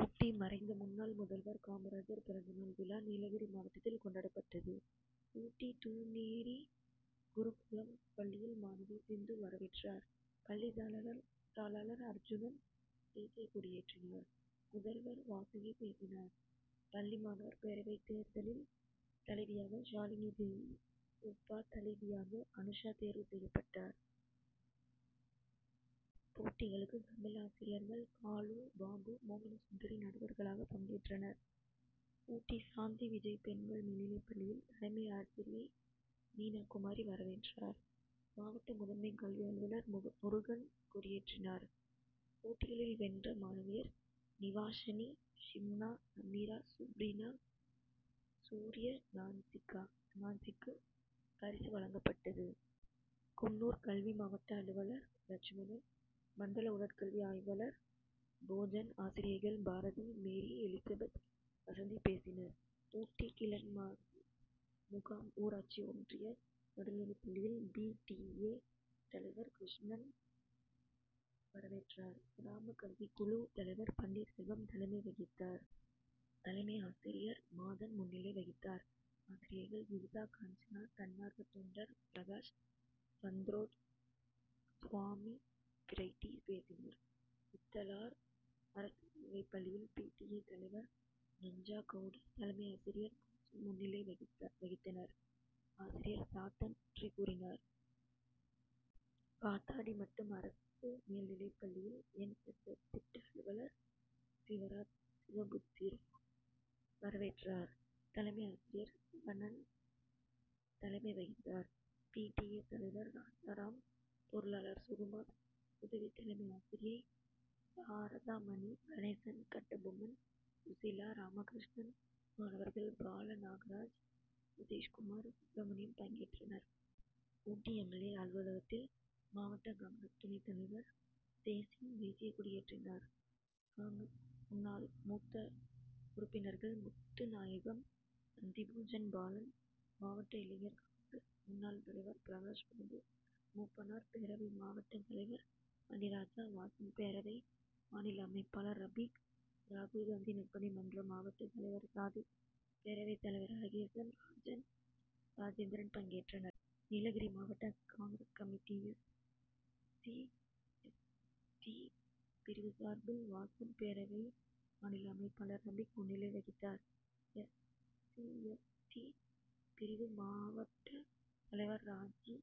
ஊட்டி மறைந்த முன்னாள் முதல்வர் காமராஜர் பிறந்த நாள் விழா, நீலகிரி மாவட்டத்தில் கொண்டாடப்பட்டது. ஊட்டி தூனேரி குருகுலம் பள்ளியில், மாணவி சிந்து வரவேற்றார். பள்ளி தாளாளர் அர்ஜுனன், தேசியக் கொடியேற்றினார். முதல்வர் வாசுகி பேசினார். பள்ளி மாணவர் பேரவைத் தேர்தலில், தலைவியாக ஷாலினி தேவி, உப தலைவியாக அனுஷா தேர்வு செய்யப்பட்டனர். போட்டிகளுக்கு, தமிழ் ஆசிரியர்கள் காலு, பாபு, மோகனசுந்தரி நடுவர்களாக பங்கேற்றனர். ஊட்டி சாந்தி விஜய் பெண்கள் மேல்நிலைப் பள்ளியில், தலைமை ஆசிரியை மீனாகுமாரி வரவேற்றார். மாவட்ட முதன்மை கல்வி அலுவலர் முருகன் கொடியேற்றினார். போட்டிகளில் வென்ற மாணவியர் நிவாஷனி, ஷிம்னா, சமீரா, சுப்ரீனா, சூர்யநான்சிக்கு பரிசு வழங்கப்பட்டது. குன்னூர் கல்வி மாவட்ட அலுவலர் லட்சுமணன், மண்டல உடற்கல்வி ஆய்வாளர் போஜன், ஆசிரியைகள் பாரதி, மேரி எலிசபெத், வசந்தி பேசினர். ஊட்டி கிளன்மார்கன் முகாம் ஊராட்சி ஒன்றிய நடுநிலைப் பள்ளியில், பி. டி. ஏ., தலைவர் கிருஷ்ணன் வரவேற்றார். கிராம கல்விக்குழு தலைவர் பன்னீர் செல்வம் தலைமை வகித்தார். தலைமை ஆசிரியர் மாதன் முன்னிலை வகித்தார். ஆசிரியைகள் கீதா, காஞ்சனா, தன்னார்வ தொண்டர் பிரகாஷ் சந்ரோத், சுவாமி பிரைட்டி பேசினர். இத்தலார் அரசு மேல்நிலைப் பள்ளியில், பி. டி. ஏ., தலைவர் நஞ்சாகவுடர், தலைமை ஆசிரியர் போஜன் முன்னிலை வகித்தனர். ஆசிரியர் தாத்தன் நன்றி கூறினார். காத்தாடிமட்டம் அரசு மேல்நிலைப் பள்ளியில், என். எஸ். எஸ்., திட்ட அலுவலர் சிவராஜ் சிவபுத்திரா வரவேற்றார். தலைமை ஆசிரியர் செவணன் தலைமை வகித்தார். பி. டி. ஏ., தலைவர் ராஜாராம், பொருளாளர் சுகுமார், உதவி தலைமை ஆசிரியை சாரதாமணி, கணேசன், கட்டபொம்மன், சுசிலா, ராமகிருஷ்ணன், மாணவர்கள் பாலநாகராஜ், சதீஷ்குமார், சுப்ரமணியம் பங்கேற்றனர். ஊட்டி எம். எல். ஏ., அலுவலகத்தில், மாவட்ட காங்., துணைத் தலைவர் தேசிங், தேசியக் கொடியேற்றினார். காங்., மூத்த உறுப்பினர்கள் முத்துநாயகம், நந்திபோஜன், பாலன், மாவட்ட இளைஞர் காங்., முன்னாள் தலைவர் பிரகாஷ் பாபு, மூப்பனார் பேரவை மாவட்ட தலைவர் மணிராஜா, வாசன் பேரவை மாநில அமைப்பாளர் ரபீக், ராகுல்காந்தி நற்பணி மன்ற மாவட்ட தலைவர் சாதிக், பேரவைத் தலைவர் அழகேசன், ராஜன், ராஜேந்திரன் பங்கேற்றனர். நீலகிரி மாவட்ட காங்., committee S. C., S. T., பிரிவு சார்பில், வாசன் பேரவை மாநில அமைப்பாளர் ரபிக் முன்னிலை வகித்தார். எஸ். சி.,எஸ். டி., பிரிவு மாவட்ட தலைவர் ராஜி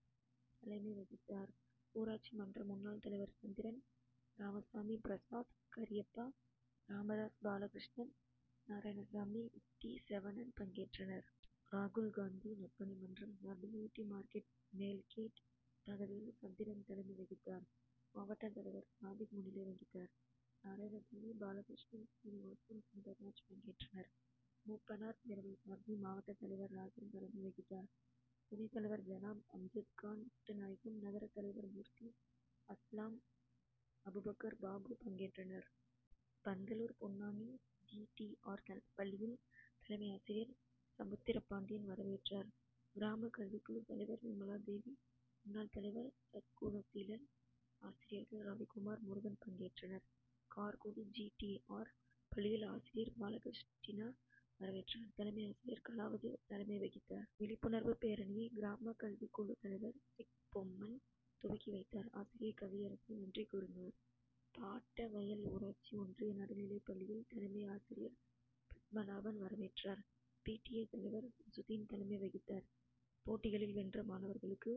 தலைமை வகித்தார். ஊராட்சி மன்ற முன்னாள் தலைவர் சந்திரன், ராமசாமி, பிரசாத், கரியப்பா, ராமதாஸ், பாலகிருஷ்ணன், நாரயணசாமி, இட்டி செவணன் பங்கேற்றனர். ராகுல்காந்தி நற்பணி மன்றம் சார்பில், ஊட்டி மார்க்கெட் மேல்கேட் பகுதியில், சந்திரன் தலைமை வகித்தார். மாவட்ட தலைவர் சாதிக் முன்னிலை வகித்தார். நாராயணசாமி, பாலகிருஷ்ணன், சீனிவாசன், சுந்தர்ராஜ் பங்கேற்றனர். மூப்பனார் பேரவை சார்பில், மாவட்ட தலைவர் ராஜா தலைமை வகித்தார். துணைத் தலைவர் ஜனாப், அம்ஜத்கான், முத்துநாயகம், நகரத் தலைவர் மூர்த்தி, அஸ்லாம், அபுபக்கர், பாபு பங்கேற்றனர். Pandalur Ponnani G. T. R., பள்ளியில், தலைமை ஆசிரியர் சமுத்திரப்பாண்டியன் வரவேற்றார். கிராம கல்விக்குழு தலைவர் விமலாதேவி, முன்னாள் தலைவர் சற்குணசீலன், ஆசிரியர்கள் ரவிக்குமார், முருகன் பங்கேற்றனர். கார்குடி ஜி. டி. ஆர்., பள்ளியில், ஆசிரியை பால்கிருஷ்டினா வரவேற்றார். தலைமை ஆசிரியர் கலாவதி தலைமை வகித்தார். விழிப்புணர்வு பேரணியை, கிராம கல்விக்குழு தலைவர் சிக்பொம்மன் துவக்கி வைத்தார். ஆசிரியை கவியரசி நன்றி கூறினார். பாட்டவயல் ஊராட்சி ஒன்றிய நடுநிலைப் பள்ளியில், தலைமை ஆசிரியர் பத்மநாபன் வரவேற்றார். பி. டி. ஏ., தலைவர் சம்சுதீன் தலைமை வகித்தார். போட்டிகளில் வென்ற மாணவர்களுக்கு